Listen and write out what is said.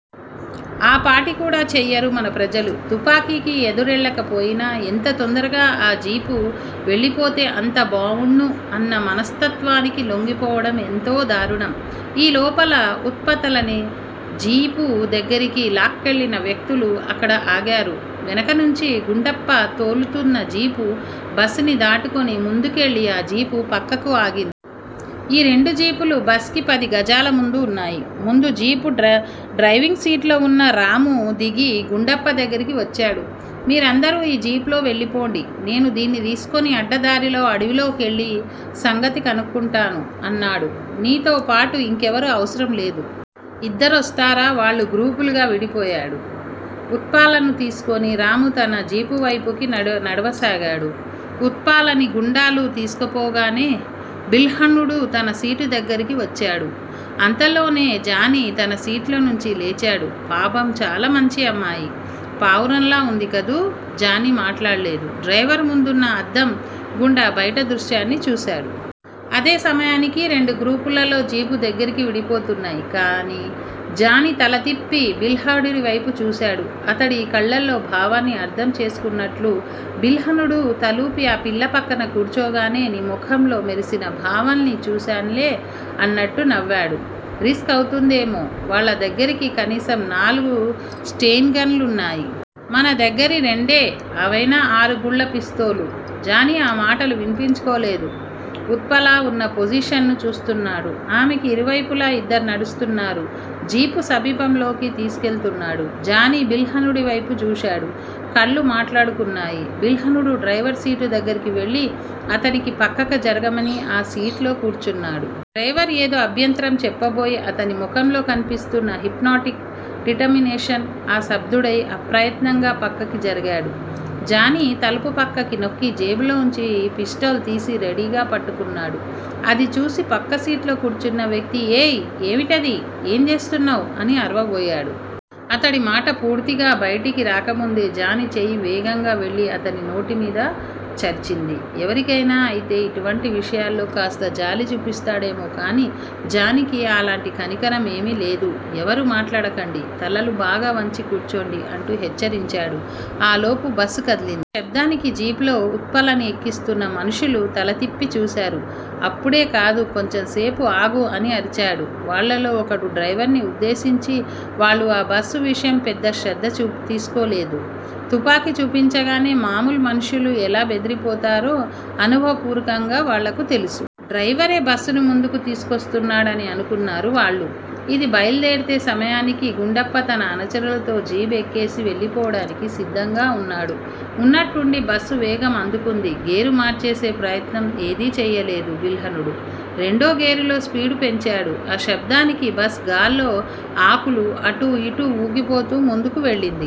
ఆపాటి కూడా చెయ్యరు మన ప్రజలు. తుపాకికి ఎదురెళ్ళలేకపొయినా, ఎంత తొందరగా ఆ జీపు వెళ్ళిపోతే అంత బావుణ్ణు అన్న మనస్తత్వానికి లొంగిపోవడం ఎంతో దారుణం. ఈ లోపులో ఉత్పలని జీపు దగ్గిరకు లాక్కెళ్ళిన వ్యక్తులు అక్కడ ఆగారు. వెనుక నుంచి గుండప్ప తోలుతున్న జీపు బస్ ని దాటుకుని ముందుకెళ్ళి ఆ జీపు పక్కన ఆగింది. ఈ రెండు జీపులూ బస్ కి పది గజాల ముందు వున్నాయి. ముందు జీపు డ్రైవింగ్ సీట్ లో వున్న రామూ దిగి గుండప్ప దగ్గిరకి వచ్చాడు. మీరందరూ ఈ జీపులో వెళ్ళిపొండి. నేను దీన్ని తీసుకుని అడ్డదారిలో అడవిలోకెళ్ళి సంగతి కనుక్కుంటాను అన్నాడు. నీతో పాటు ఇంకెవరూ అవసరం లేదా? ఇద్దరొస్తారు వాళ్ళు గ్రూపులుగా విడిపోయాడు. ఉత్పలని తీసుకొని రామూ తన జీపువైపుకి నడవసాగాడు. ఉత్పలని గుండాలు తీసుకుపోగానే బిల్హణుడు తన సీటు దగ్గిరకి వచ్చాడు అంతలోనే జానీ తన సీటులోంచి లేచాడు. పాపం చాలా మంచి అమ్మాయి. పావురంలా వుంది కదూ. జానీ మాట్లాడలేదు. డ్రైవర్ ముందున్న అద్దం గుండా బయట దృశ్యాన్ని చూశాడు. అదే సమయానికి రెండు గ్రూపులూ తలో జీపు దగ్గిరకి విడిపోతున్నాయి. జానీ తలతిప్పి బిల్హణుడివైపు చూశాడు. అతడి కళ్ళల్లో భావాన్ని అర్థం చేసుకున్నట్టుగా బిల్హణుడు తలూపి ఆ పిల్ల పక్కన కూర్చోగానే నీ మొహంలో మెరిసిన భావాల్ని చూసాన్లే అన్నట్టు నవ్వాడు. రిస్క్ అవుతుందేమో- వాళ్ళదగ్గిర కనీసం నాలుగు స్టెన్ గన్లున్నాయి. మన దగ్గిర రెండే అవైనా ఆరు గుళ్ళ పిస్తోళ్ళు. జానీ ఆ మాటలు వినిపించుకోలేదు. ఉత్పల వున్న పోజిషనుని చూస్తున్నాడు. ఆమెకి ఇరువైపులా ఇద్దరు నడుస్తున్నారు. జీపు సమీపంలోకి తీసుకువెళ్తున్నాడు. జానీ బిల్హణుడివైపు జూశాడు. కళ్ళు మాట్లాడుకున్నాయి. బిల్హణుడు డ్రైవర్ సీటు దగ్గరికి వెళ్ళి అతడిని పక్కకి జరగమని, ఆ సీటులో కూర్చొన్నాడు. డ్రైవర్ ఏదో అభ్యంతరం చెప్పబోయి, అతని మొహంలో కనిపిస్తున్నా హిప్నాటిక్ డిటర్మినేషన్ కి స్థబ్దుడై అప్రయత్నంగా పక్కకి జరిగాడు. జానీ తలుపు పక్కగా నక్కి జేబులోంచి పిస్టల్ తీసి రెడీగా పట్టుకున్నాడు. అది చూసి పక్కసీటులో కూర్చున్న వ్యక్తి ఏయ్, ఏమిటిది? ఏం చేస్తున్నావు అని అరవబోయాడు. అతడి మాట పూర్తిగా బయటికి రాకముందే జానీ చెయ్యి వేగంగా వెళ్ళి అతడినోటిమీద చరిచింది. ఇంకెవరైనా అయితే ఇటువంటి విషయాల్లో కాస్త జాలి చూపిస్తాడేమో గాని జానీకి అలాటి కనికరంఏమీ లేదు. ఎవరూ మాట్లాడకండి. తలలు బాగా వంచి కూర్చోండి అంటూ హెచ్చరించాడు. ఆ లోపులో బస్ కదిలింది. ఆ శబ్దానికి జీపులోకి ఉత్పలని ఎక్కిస్తున్న మనుష్యులు తలతిప్పి చూశారు. అప్పుడే కాదు. కొంచెం సేపు ఆగు అని అరిచాడు వాళ్ళలో ఒకడు డ్రైవర్ ని ఉద్దేశించి. వాళ్ళు ఈ బస్సు విషయం పెద్దగా శ్రద్ధ తీసుకోలేదు. తుపాకి చూపించగానే మామూలు మనుష్యులు ఎలా బెదిరిపోతారో అనుభవ పూర్వకంగా వాళ్ళకి తెలుసు. డ్రైవరే బస్సుని ముందుకు తీసుకువస్తున్నాడని అనుకున్నారు వాళ్ళు. అది బయల్దేరే సమయానికే గుండప్ప తన అనుచరులతో జీపు ఎక్కేసి వెళ్లిపోవటానికి సిద్ధంగా వున్నాడు. వున్నట్టుండి బస్సు వేగం అందుకుంది. గేరుమార్చే ప్రయత్నం ఏదీ చెయ్యలేదు బిల్హణుడు. రెండో గేరులోనే స్పీడు పెంచాడు. ఆ శబ్దానికి బస్ గాలిలో ఆకులా అటూ ఇటూ వూగిపోతూ ముందుకు వెళ్ళింది.